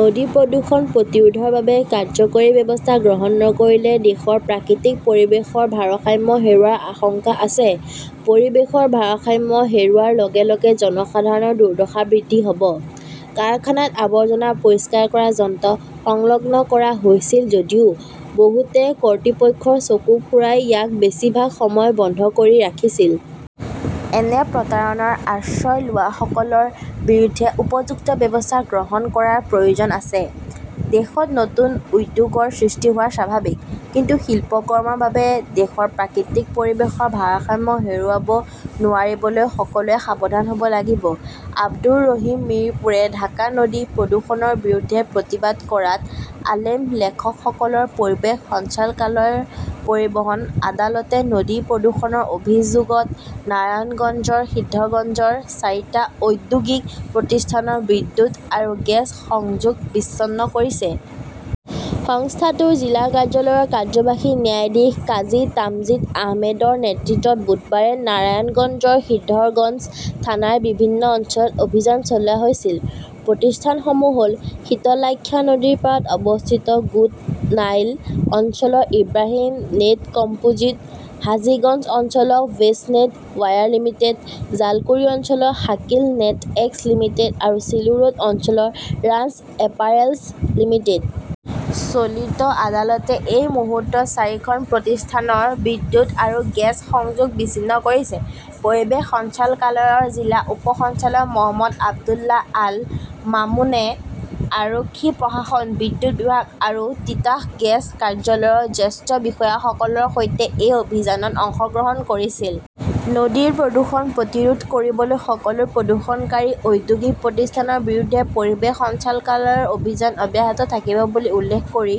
নদী প্ৰদূষণ প্ৰতিৰোধৰ বাবে কাৰ্যকৰী ব্যৱস্থা গ্ৰহণ নকৰিলে দেশৰ প্ৰাকৃতিক পৰিৱেশৰ ভাৰসাম্য হেৰুৱাৰ আশংকা আছে। পৰিৱেশৰ ভাৰসাম্য হেৰুওৱাৰ লগে লগে জনসাধাৰণৰ দুৰ্দশা বৃদ্ধি হ'ব। কাৰখানাত আৱৰ্জনা পৰিষ্কাৰ কৰা যন্ত্ৰ সংলগ্ন কৰা হৈছিল যদিও বহুতে কৰ্তৃপক্ষৰ চকু ফুৰাই ইয়াক বেছিভাগ সময় বন্ধ কৰি ৰাখিছিল। এনে প্ৰতাৰণাৰ আশ্ৰয় লোৱাসকলৰ বিৰুদ্ধে উপযুক্ত ব্যৱস্থা গ্ৰহণ কৰাৰ প্ৰয়োজন আছে। দেশত নতুন উদ্যোগৰ সৃষ্টি হোৱাটো স্বাভাৱিক। কিন্তু শিল্পকৰ্মৰ বাবে দেশৰ প্ৰাকৃতিক পৰিৱেশৰ ভাৰসাম্য হেৰুৱাব নোৱাৰিবলৈ সকলোৱে সাৱধান হ'ব লাগিব। আবদুৰ ৰহিম মিৰপুৰে ঢাকা নদী প্ৰদূষণৰ বিৰুদ্ধে প্ৰতিবাদ কৰাত আলেম লেখকসকলৰ পৰিৱেশ সঞ্চালকালয়ৰ পৰিবহন আদালতে নদী প্ৰদূষণৰ অভিযোগত নাৰায়ণগঞ্জৰ সিদ্ধৰগঞ্জৰ চাৰিটা ঔদ্যোগিক প্ৰতিষ্ঠানৰ বিদ্যুৎ আৰু গেছ সংযোগ বিচ্ছিন্ন কৰিছে। সংস্থাটোৰ জিলা কাৰ্যালয়ৰ কাৰ্যবাহী ন্যায়াধীশ কাজী তামজিদ আহমেদৰ নেতৃত্বত বুধবাৰে নাৰায়ণগঞ্জৰ সিদ্ধৰগঞ্জ থানাৰ বিভিন্ন অঞ্চলত অভিযান চলোৱা হৈছিল। প্ৰতিষ্ঠানসমূহ হ'ল-শীতলাক্ষ্যা নদীৰ পাৰত অৱস্থিত গোদনাইল অঞ্চলৰ ইব্ৰাহিম নেট কম্পোজিট, হাজিগঞ্জ অঞ্চলৰ west net wire limited, Jalkuri অঞ্চলৰ শাকিল নেটএক্স লিমিটেড আৰু চিলো ৰোড অঞ্চলৰ ৰান্স এপাৰেলছ লিমিটেড। চলিত আদালতে এই মুহূৰ্তত চাৰিখন প্ৰতিষ্ঠানৰ বিদ্যুৎ আৰু গেছ সংযোগ বিচ্ছিন্ন কৰিছে। পৰিৱেশ সঞ্চালকালয়ৰ জিলা উপ সঞ্চালক মহম্মদ আব্দুল্লাহ আল মামুনে আৰক্ষী প্ৰশাসন, বিদ্যুৎ বিভাগ আৰু তিতাস গেছ কাৰ্যালয়ৰ জ্যেষ্ঠ বিষয়াসকলৰ সৈতে এই অভিযানত অংশগ্ৰহণ কৰিছিল। নদীৰ প্ৰদূষণ প্ৰতিৰোধ কৰিবলৈ সকলো প্ৰদূষণকাৰী ঔদ্যোগিক প্ৰতিষ্ঠানৰ বিৰুদ্ধে পৰিৱেশ সঞ্চালকালয়ৰ অভিযান অব্যাহত থাকিব বুলি উল্লেখ কৰি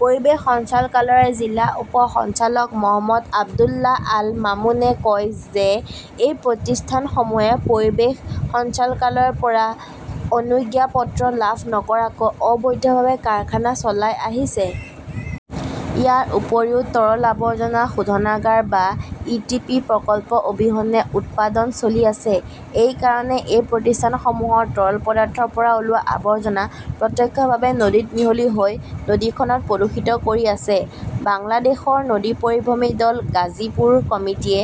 পৰিৱেশ সঞ্চালকালয়ৰ জিলা উপ সঞ্চালক মহম্মদ আব্দুল্লাহ আল মামুনে কয় যে এই প্ৰতিষ্ঠানসমূহে পৰিৱেশ সঞ্চালকালয়ৰ পৰা অনুজ্ঞাপত্ৰ লাভ নকৰাকৈ অবৈধভাৱে কাৰখানা চলাই আহিছে। ইয়াৰ উপৰিও, তৰল আৱৰ্জনা শোধনাগাৰ বা ই.টি.পি. প্ৰকল্প অবিহনে উৎপাদন চলি আছে। এই কাৰণেই এই প্ৰতিষ্ঠানসমূহৰ তৰল পদাৰ্থৰ পৰা ওলোৱা আৱৰ্জনা প্ৰত্যক্ষভাৱে নদীত মিহলি হৈ নদীখনক প্ৰদূষিত কৰি আছে। বাংলাদেশৰ নদী পৰিভ্ৰমী দল গাজীপুৰ কমিটীয়ে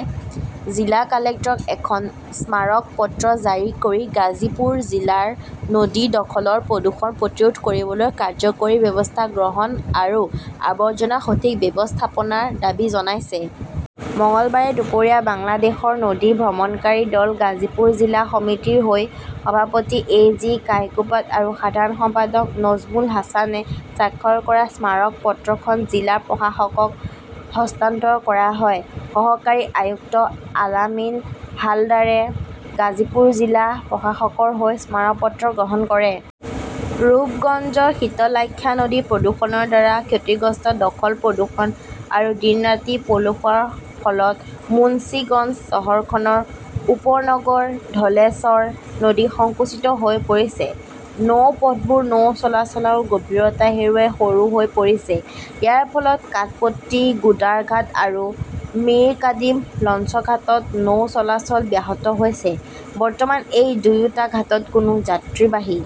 জিলা কালেক্টৰক এখন স্মাৰক পত্ৰ জাৰি কৰি গাজীপুৰ জিলাৰ নদী দখলৰ প্ৰদূষণ প্ৰতিৰোধ কৰিবলৈ কাৰ্যকৰী ব্যৱস্থা গ্ৰহণ আৰু আৱৰ্জনাৰ সঠিক ব্যৱস্থাপনাৰ দাবী জনাইছে। মঙলবাৰে দুপৰীয়া বাংলাদেশৰ নদী ভ্ৰমণকাৰী দল গাজীপুৰ জিলা সমিতিৰ হৈ সভাপতি এ. জি. কায়কোবাদ আৰু সাধাৰণ সম্পাদক নজ্মুল হাছানে স্বাক্ষৰ কৰা স্মাৰক পত্ৰখন জিলা প্ৰশাসকক হস্তান্তৰ কৰা হয়। সহকাৰী আয়ুক্ত আলামিন হালদাৰে গাজীপুৰ জিলা প্ৰশাসকৰ হৈ স্মাৰক পত্ৰ গ্ৰহণ কৰে। ৰূপগঞ্জৰ শীতলাক্ষ্যা নদী প্ৰদূষণৰ দ্বাৰা ক্ষতিগ্ৰস্ত দখল-প্ৰদূষণ আৰু দিন-ৰাতি পলসুৱাৰ ফলত মুঞ্চিগঞ্জ চহৰখনৰ উপনগৰ ধলেশ্বৰী নদী সংকুচিত হৈ পৰিছে। নৌ পথবোৰ নৌ চলাচল আৰু গভীৰতা হেৰুৱাই সৰু হৈ পৰিছে। ইয়াৰ ফলত কাঠপট্টি গুদাৰঘাট আৰু মিৰকাদিম লঞ্চঘাটত নৌ চলাচল ব্যাহত হৈছে। বৰ্তমান এই দুয়োটা ঘাটত কোনো যাত্ৰীবাহী